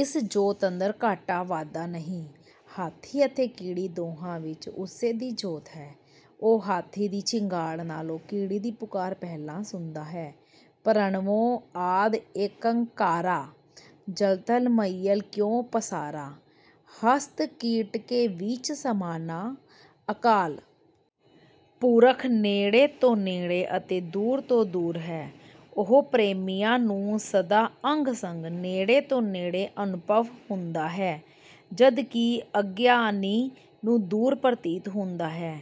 ਇਸ ਜੋਤ ਅੰਦਰ ਘਾਟਾ-ਵਾਧਾ ਨਹੀਂ। ਹਾਥੀ ਅਤੇ ਕੀੜੀ ਦੋਹਾਂ ਵਿੱਚ ਉਸੇ ਦੀ ਜੋਤ ਹੈ। ਉਹ ਹਾਥੀ ਦੀ ਚਿੰਗਾੜ ਨਾਲੋਂ ਕੀੜੀ ਦੀ ਪੁਕਾਰ ਪਹਿਲਾਂ ਸੁਣਦਾ ਹੈ ਪ੍ਰਣਵੋ ਆਦਿ ਏਕੰਕਾਰਾ। ਜਲ ਥਲ ਮਹੀਅਲ ਕੀਓ ਪਸਾਰਾ। ਹਸਤਿ ਕੀਟ ਕੇ ਬੀਚ ਸਮਾਨਾ॥ ਅਕਾਲ ਪੁਰਖ ਨੇੜੇ ਤੋਂ ਨੇੜੇ ਅਤੇ ਦੂਰ ਤੋਂ ਦੂਰ ਹੈ। ਉਹ ਪ੍ਰੇਮੀਆਂ ਨੂੰ ਸਦਾ ਅੰਗ-ਸੰਗ, ਨੇੜੇ ਤੋਂ ਨੇੜੇ ਅਨੁਭਵ ਹੁੰਦਾ ਹੈ, ਜਦਕਿ ਅਗਿਆਨੀ ਨੂੰ ਦੂਰ ਪ੍ਰਤੀਤ ਹੁੰਦਾ ਹੈ।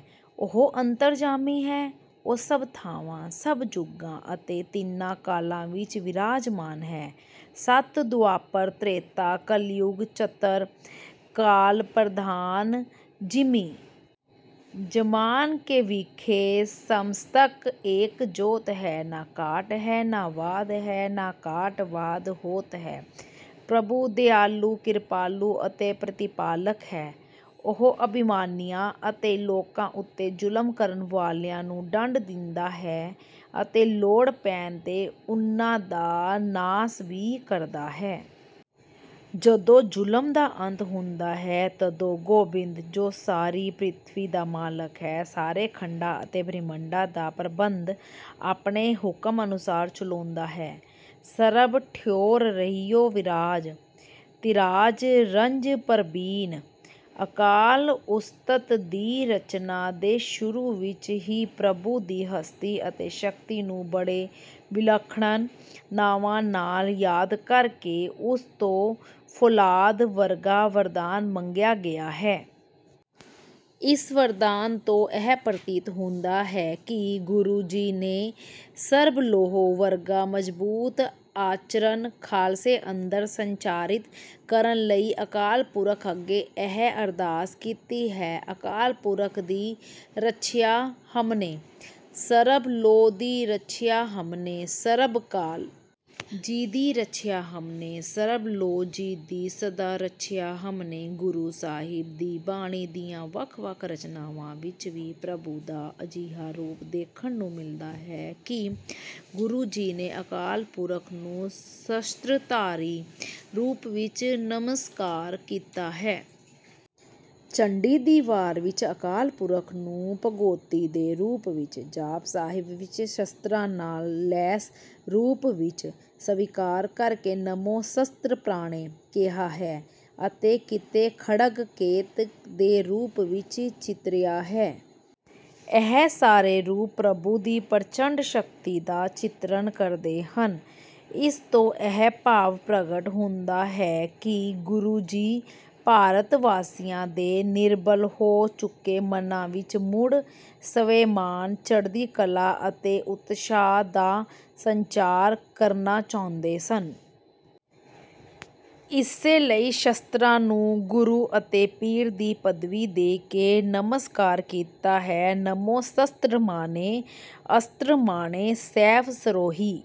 ਉਹ ਅੰਤਰਜਾਮੀ ਹੈ। ਉਹ ਸਭ ਥਾਵਾਂ, ਸਭ ਜੁਗਾਂ ਅਤੇ ਤਿੰਨਾਂ ਕਾਲਾਂ ਵਿੱਚ ਬਿਰਾਜਮਾਨ ਹੈ ਸਤਿ ਦੁਆਪਰ ਤ੍ਰੇਤਾ ਕਲਿਜੁਗ ਚਤੁਰ ਕਾਲ ਪ੍ਰਧਾਨ॥ ਜਿਮੀ ਜ਼ਮਾਨ ਕੇ ਬਿਖੈ ਸਮਸਤ ਏਕ ਜੋਤਿ ਹੈ। ਨ ਘਾਟ ਹੈ, ਨ ਵਾਧ ਹੈ, ਨ ਘਾਟ-ਵਾਧ ਹੋਤ ਹੈ॥ ਪ੍ਰਭੂ ਦਇਆਲੂ, ਕਿਰਪਾਲੂ ਅਤੇ ਪ੍ਰਤਿਪਾਲਕ ਹੈ। ਉਹ ਅਭਿਮਾਨੀਆਂ ਅਤੇ ਲੋਕਾਂ ਉੱਤੇ ਜ਼ੁਲਮ ਕਰਨ ਵਾਲਿਆਂ ਨੂੰ ਦੰਡ ਦਿੰਦਾ ਹੈ ਅਤੇ ਲੋੜ ਪੈਣ ’ਤੇ ਉਨ੍ਹਾਂ ਦਾ ਨਾਸ ਵੀ ਕਰਦਾ ਹੈ। ਜਦੋਂ ਜ਼ੁਲਮ ਦਾ ਅੰਤ ਹੁੰਦਾ ਹੈ, ਤਦੋਂ ਗੋਬਿੰਦ, ਜੋ ਸਾਰੀ ਪ੍ਰਿਥਵੀ ਦਾ ਮਾਲਕ ਹੈ, ਸਾਰੇ ਖੰਡਾਂ ਅਤੇ ਬ੍ਰਹਿਮੰਡਾਂ ਦਾ ਪ੍ਰਬੰਧ ਆਪਣੇ ਹੁਕਮ ਅਨੁਸਾਰ ਚਲਾਉਂਦਾ ਹੈ। ਸਰਬ ਠਉਰ ਰਹਿਓ ਬਿਰਾਜ, ਧਿਰਾਜ ਰੰਜ-ਪ੍ਰਬੀਨ॥ ਅਕਾਲ ਉਸਤਤਿ ਦੀ ਰਚਨਾ ਦੇ ਸ਼ੁਰੂ ਵਿੱਚ ਹੀ ਪ੍ਰਭੂ ਦੀ ਹਸਤੀ ਅਤੇ ਸ਼ਕਤੀ ਨੂੰ ਬੜੇ ਵਿਲੱਖਣ ਨਾਵਾਂ ਨਾਲ ਯਾਦ ਕਰਕੇ ਉਸ ਤੋਂ ਫੌਲਾਦ ਵਰਗਾ ਵਰਦਾਨ ਮੰਗਿਆ ਗਿਆ ਹੈ। ਇਸ ਵਰਦਾਨ ਤੋਂ ਇਹ ਪ੍ਰਤੀਤ ਹੁੰਦਾ ਹੈ ਕਿ ਗੁਰੂ ਜੀ ਨੇ ਸਰਬਲੋਹ ਵਰਗਾ ਮਜ਼ਬੂਤ ਆਚਰਨ ਖਾਲਸੇ ਅੰਦਰ ਸੰਚਾਰਿਤ ਕਰਨ ਲਈ ਅਕਾਲ ਪੁਰਖ ਅੱਗੇ ਇਹ ਅਰਦਾਸ ਕੀਤੀ ਹੈ ਅਕਾਲ ਪੁਰਖ ਦੀ ਰੱਛਿਆ ਹਮਨੈ। ਸਰਬ ਲੋਹ ਦੀ ਰੱਛਿਆ ਹਮਨੈ। ਸਰਬਕਾਲ ਜੀ ਦੀ ਰੱਛਿਆ ਹਮਨੈ। ਸਰਬਲੋਹ ਜੀ ਦੀ ਸਦਾ ਰੱਛਿਆ ਹਮਨੈ॥ ਗੁਰੂ ਸਾਹਿਬ ਦੀ ਬਾਣੀ ਦੀਆਂ ਵੱਖ-ਵੱਖ ਰਚਨਾਵਾਂ ਵਿੱਚ ਵੀ ਪ੍ਰਭੂ ਦਾ ਅਜਿਹਾ ਰੂਪ ਦੇਖਣ ਨੂੰ ਮਿਲਦਾ ਹੈ ਕਿ ਗੁਰੂ ਜੀ ਨੇ ਅਕਾਲ ਪੁਰਖ ਨੂੰ ਸ਼ਸਤ੍ਰਧਾਰੀ ਰੂਪ ਵਿੱਚ ਨਮਸਕਾਰ ਕੀਤਾ ਹੈ। ਚੰਡੀ ਦੀ ਵਾਰ ਵਿੱਚ ਅਕਾਲ ਪੁਰਖ ਨੂੰ ਭਗਉਤੀ ਦੇ ਰੂਪ ਵਿੱਚ, ਜਾਪ ਸਾਹਿਬ ਵਿੱਚ ਸ਼ਸਤ੍ਰਾਂ ਨਾਲ ਲੈਸ ਰੂਪ ਵਿੱਚ ਸਵੀਕਾਰ ਕਰਕੇ “ਨਮੋ ਸਸਤ੍ਰਪਾਣੈ” ਕਿਹਾ ਹੈ ਅਤੇ ਕਿਤੇ ਖੜਗ ਕੇਤ ਦੇ ਰੂਪ ਵਿੱਚ ਚਿਤਰਿਆ ਹੈ। ਇਹ ਸਾਰੇ ਰੂਪ ਪ੍ਰਭੂ ਦੀ ਪ੍ਰਚੰਡ ਸ਼ਕਤੀ ਦਾ ਚਿਤਰਨ ਕਰਦੇ ਹਨ। ਇਸ ਤੋਂ ਇਹ ਭਾਵ ਪ੍ਰਗਟ ਹੁੰਦਾ ਹੈ ਕਿ ਗੁਰੂ ਜੀ ਭਾਰਤਵਾਸੀਆਂ ਦੇ ਨਿਰਬਲ ਹੋ ਚੁੱਕੇ ਮਨਾਂ ਵਿੱਚ ਮੁੜ ਸਵੈਮਾਨ, ਚੜ੍ਹਦੀ ਕਲਾ ਅਤੇ ਉਤਸ਼ਾਹ ਦਾ ਸੰਚਾਰ ਕਰਨਾ ਚਾਹੁੰਦੇ ਸਨ। ਇਸੇ ਲਈ ਸ਼ਸਤ੍ਰਾਂ ਨੂੰ ਗੁਰੂ ਅਤੇ ਪੀਰ ਦੀ ਪਦਵੀ ਦੇ ਕੇ ਨਮਸਕਾਰ ਕੀਤਾ ਹੈ ਨਮੋ ਸਸਤ੍ਰਮਾਣੇ ਨਮੋ ਅਸਤ੍ਰਮਾਣੇ॥ ਸੈਫ ਸਰੋਹੀ…